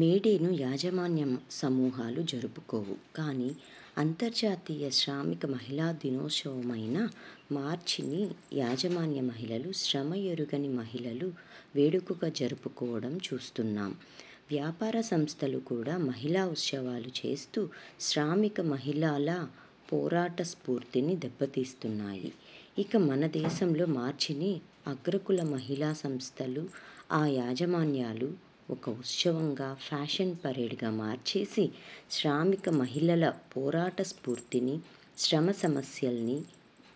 మే డేను యాజ మాన్య సమూహాలు జరుపుకోవు. కానీ అంతర్జాతీయ శ్రామిక మహిళా దినోత్సవమైన మార్చి ని యాజమాన్య మహిళలు, శ్రమ ఎరుగని మహిళలు వేడుకగా జరుపుకోవడం చూస్తున్నాం. వ్యాపార సంస్థలు కూడా మహిళా ఉత్సవాలు చేస్తూ శ్రామిక మహిళల పోరాట స్ఫూర్తిని దెబ్బతీస్తున్నాయి. ఇక మన దేశంలో మార్చి ని అగ్రకుల మహిళా సంస్థలు, ఆ యాజమాన్యాలు ఒక ఉత్సవంగా, ఫ్యాషన్ పరేడ్గా మార్చేసి శ్రామిక మహిళల పోరాట స్ఫూర్తిని, శ్రమ సమస్యల్ని,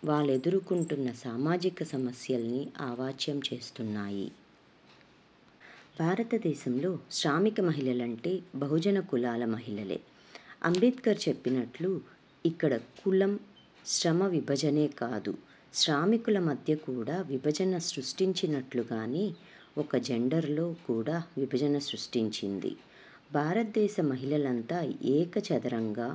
వాళ్లెదుర్కుంటున్న సామాజిక సమస్యల్ని అవాచ్యం జేస్తున్నయి. భారతదేశంలో శ్రామిక మహిళలంటే బహుజన కులాల మహిళలే. అంబేడ్కర్ చెప్పినట్లు ఇక్కడ కులం శ్రమ విభజనే కాదు, శ్రామికుల మధ్య కూడా విభజన సృష్టించినట్లుగానే ఒకే జెండర్లో కూడా విభజన సృష్టించింది. భారతదేశ మహిళలంతా ఏక చదరంగా,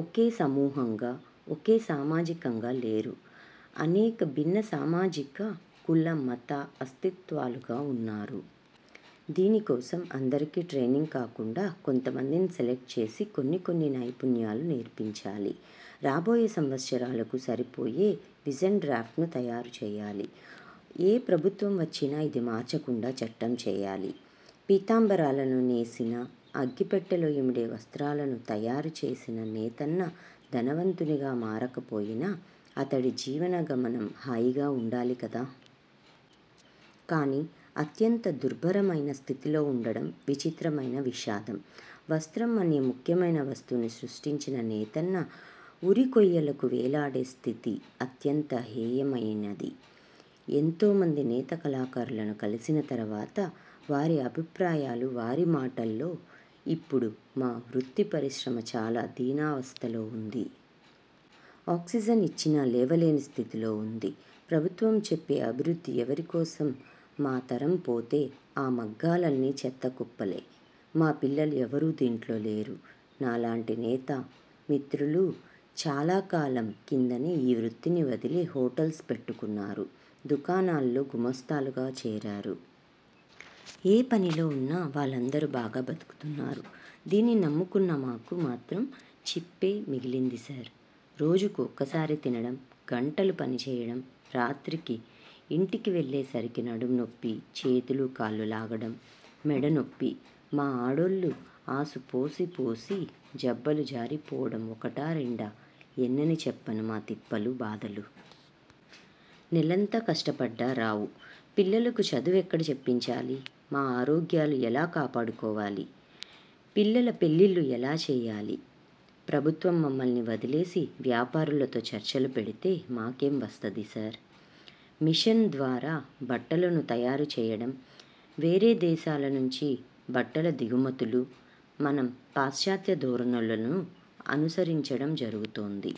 ఒకే సమూహంగా, ఒకే సామాజికంగా లేరు. అనేక భిన్న సామాజిక కుల, మత అస్తిత్వాలుగా వున్నారు. దీనికోసం అందరికీ ట్రైనింగ్ కాకుండా కొంతమందిని సెలక్ట్ చేసి కొన్ని కొన్ని నైపుణ్యాలు నేర్పించాలి. రాబోయే సంవత్సరాలకు సరిపోయే విజన్ డ్రాఫ్ట్ను తయారు చెయ్యాలి. ఏ ప్రభుత్వం వచ్చినా ఇది మార్చకుండా చట్టం చెయ్యాలి. పీతాంబరాలను నేసిన, అగ్గిపెట్టెలో ఇమిడే వస్ర్తాలను తయారు చేసిన నేతన్న ధనవంతునిగా మారకపోయినా అతడి జీవన గమనం హాయిగా ఉండాలి కదా! కానీ అత్యంత దుర్భరమైన స్థితిలో ఉండడం విచిత్రమైన విషాదం. 'వస్త్రం' అనే ముఖ్యమైన వస్తువుని సృష్టించిన 'నేతన్న', 'ఉరి'కొయ్యలకు వేలాడే స్థితి అత్యంత హేయమయినది. ఎంతో మంది నేత కళాకారులను కలిసిన తర్వాత, వారి అభిప్రాయాలు వారి మాటల్లో– ఇప్పుడు మా 'వృత్తి' పరిశ్రమ చాలా దీనావస్థలో వుంది. ''ఆక్సిజన్ ఇచ్చినా లేవలేని స్థితిలో వుంది. ప్రభుత్వం చెప్పే అభివృద్ధి ఎవరి కోసం మాతరం పోతే ఈ మగ్గాలన్నీ చెత్తకుప్పలే. మా పిల్లలు ఎవ్వరూ దీంట్లో లేరు. ' నాలాంటి 'నేత' మిత్రులు చాలాకాలం కిందనే ఈ వృత్తిని వదిలి హోటల్స్ పెట్టుకున్నారు. దుకాణాలలో గుమస్తాలుగా చేరారు. ఏ పనిలో వున్నా వాళ్ళందరూ బాగా బతుకుతున్నారు. దీనిని నమ్ముకున్న మాకు మాత్రం 'చిప్పే' మిగిలింది సార్! రోజుకు ఒక్కసారి తినడం గంటలు పనిచేయడం రాత్రికి ఇంటికి వెళ్ళేసరికి నడుము నొప్పి, చేతులు కాళ్ళు లాగడం మెడ నొప్పి మా ఆడోళ్ళు ఆసు పోసి పోసి జబ్బలు జారిపోవడం ఒకటా, రెండా ఎన్నని చెప్పను మా తిప్పలు, బాధలు. నెలంతా కష్టపడ్డా రావు. పిల్లలకు చదువెక్కడ చెప్పించాలి. మా ఆరోగ్యాలు ఎలా కాపాడుకోవాలి. పిల్లల పెళ్ళిళ్లు ఎలా చెయ్యాలి. ప్రభుత్వం మమ్మల్ని వదిలేసి వ్యాపారులతో చర్చలు పెడితే మాకేం వస్తది సార్! మిషన్ ద్వారా బట్టలను తయారు చేయడం, వేరే దేశాల నుంచి బట్టల దిగుమతులు, మనం పాశ్చాత్య ధోరణులను అనుసరించడం జరుగుతోంది.